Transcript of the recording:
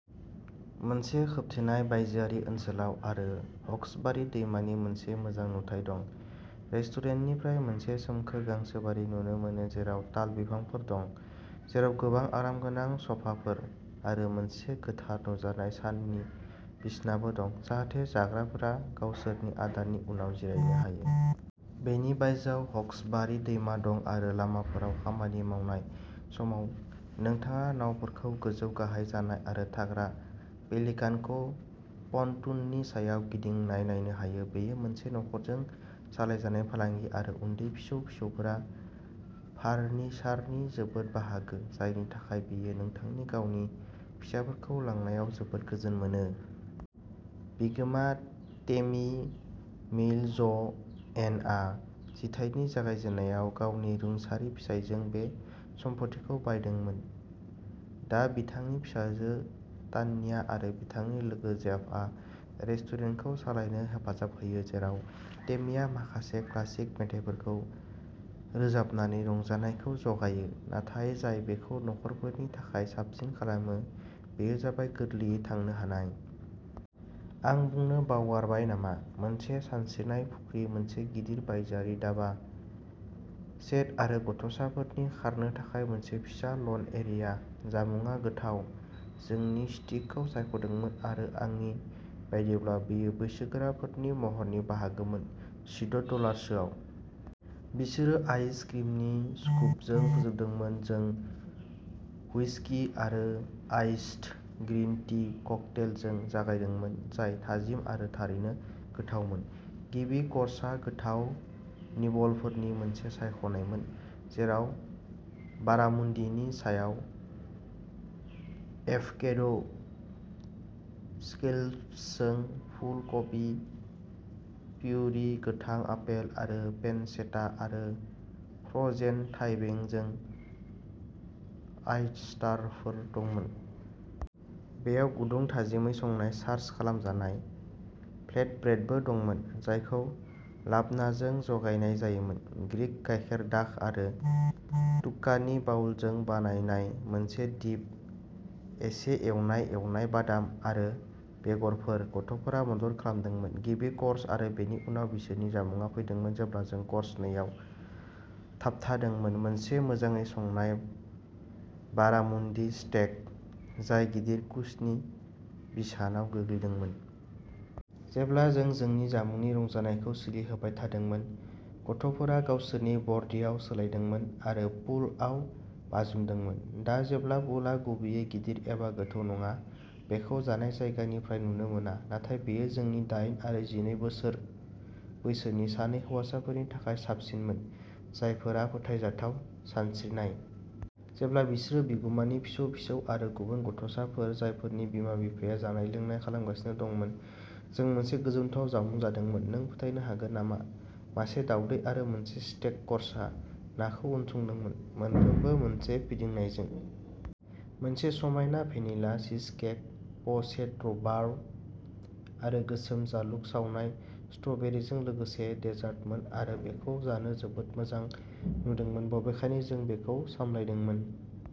मोनसे खोबथेनाय बायजोआरि ओनसोलाव आरो हक्सबारि दैमानि मोनसे मोजां नुथाय दं। रेस्टुरेन्टनिफ्राय मोनसे सोमखोर गांसोबारि नुनो मोनो, जेराव ताल बिफांफोर दं, जेराव गोबां आरामगोनां स'फाफोर आरो मोनसे गोथार नुजानाय साननि बिसनाबो दं, जाहाथे जाग्राफोरा गावसोरनि आदारनि उनाव जिरायनो हायो। बेनि बायजोआव हक्सबारि दैमा दं आरो लामाफोराव खामानि मावनाय समाव, नोंथाङा नावफोरखौ गोजौ गाहाय जानाय आरो थाग्रा पेलिकानखौ पनटूननि सायाव गिदिंनाय नायनो हायो। बेयो मोनसे नखरजों सालायजानाय फालांगि आरो उन्दै फिसौ फिसौफोरा फारनिसारनि जोबोद बाहागो, जायनि थाखाय बेयो नोंथांनि गावनि फिसाफोरखौ लांनायाव जोबोद गोजोन मोनो। बिगोमा टेमी मिलज'एनआ जिथाइनि जागायजेन्नायाव गावनि रुंसारि फिसाइजों बे सम्फथिखौ बायदोंमोन। दा बिथांनि फिसाजो तान्या आरो बिथांनि लोगो जेफआ रेस्टुरेन्टखौ सालायनो हेफाजाब होयो, जेराव टेमीआ माखासे क्लासिक मेथाइफोरखौ रोजाबनानै रंजानायखौ जगायो। नाथाय, जाय बेखौ नखरफोरनि थाखाय साबसिन खालामो बेयो जाबाय गोरलैयै थांनो हानाय। आं बुंनो बावगारबाय नामा, मोनसे सानस्रिनाय फुख्रि, मोनसे गिदिर बायजोआरि दाबा सेट आरो गथ'साफोरनि खारनो थाखाय मोनसे फिसा लन एरिया। जामुंआ गोथाव। जोंनि स्टिकखौ सायख'दोंमोन आरो आंनि बायदिब्ला बेयो बैसोगोराफोरनि महरनि बाहागोमोन, जिद' डलारसोआव। बिसोरो आइस क्रिमनि स्कुपजों फोजोबदोंमोन। जों हुइस्कि आरो आइसड ग्रीन टी ककटेलजों जागायदोंमोन, जाय थाजिम आरो थारैनो गोथावमोन। गिबि कर्सआ गोथाव निबलफोरनि मोनसे सायख'नायमोन, जेराव बारामुन्डीनि सायाव एभ'केडो स्कैलप्सजों फुलकबि प्युरि, गोथां आपेल आरो पेनचेटा आरो फ्र'जेन थाइबेंजों आयस्टारफोर दंमोन। बेयाव गुदुं, थाजिमै संनाय, चार्ज खालामजानाय फ्लेटब्रेडबो दंमोन, जायखौ लाब्नाजों जगायनाय जायोमोन, ग्रीक गाइखेरदाख आरो दुक्कानि बाउलजों बानायनाय मोनसे डिप, एसे एवनाय एवनाय बादाम आरो बेगरफोर। गथ'फोरा मदद खालामदोंमोन। गिबि कर्स आरो बेनि उनाव बिसोरनि जामुंआ फैदोंमोन जेब्ला जों कर्स नैआव थाबथादोंमोन, मोनसे मोजाङै संनाय बारामुन्डी स्टेक, जाय गिदिर कुसनि बिसानाव गोग्लैदोंमोन। जेब्ला जों जोंनि जामुंनि रंजानायखौ सोलिहोबाय थादोंमोन, गथ'फोरा गावसोरनि बर्डियाव सोलायदोंमोन आरो पुलआव बाज्रुमदोंमोन। दा, जेब्ला पुलआ गुबैयै गिदिर एबा गोथौ नङा, बेखौ जानाय जायगानिफ्राय नुनो मोना। नाथाय बेयो जोंनि दाइन आरो जिनै बोसोर बैसोनि सानै हौवासाफोरनि थाखाय साबसिनमोन, जायफोरा फोथायजाथाव सानस्रिनाय। जेब्ला बिसोरो बिगुमानि फिसौ फिसौ आरो गुबुन गथ'साफोर जायफोरनि बिमा बिफाया जानाय लोंनाय खालामगासिनो दंमोन, जों मोनसे गोजोनथाव जामुं जादोंमोन। नों फोथायनो हागोन नामा मासे दावदै आरो मोनसे स्टेक कर्सआ नाखौ उनसंदोंमोन, मोनफ्रोमबो मोनसे फिदिंनायजों। मोनसे समायना भेनिला चीजकेक, प'चेद रुबार्ब आरो गोसोम जालुग सावनाय स्ट्र'बेरिजों लोगोसे डेजार्टमोन आरो बेखौ जानो जोबोद मोजां नुदोंमोन, बबेखानि जों बेखौ सामलायदोंमोन।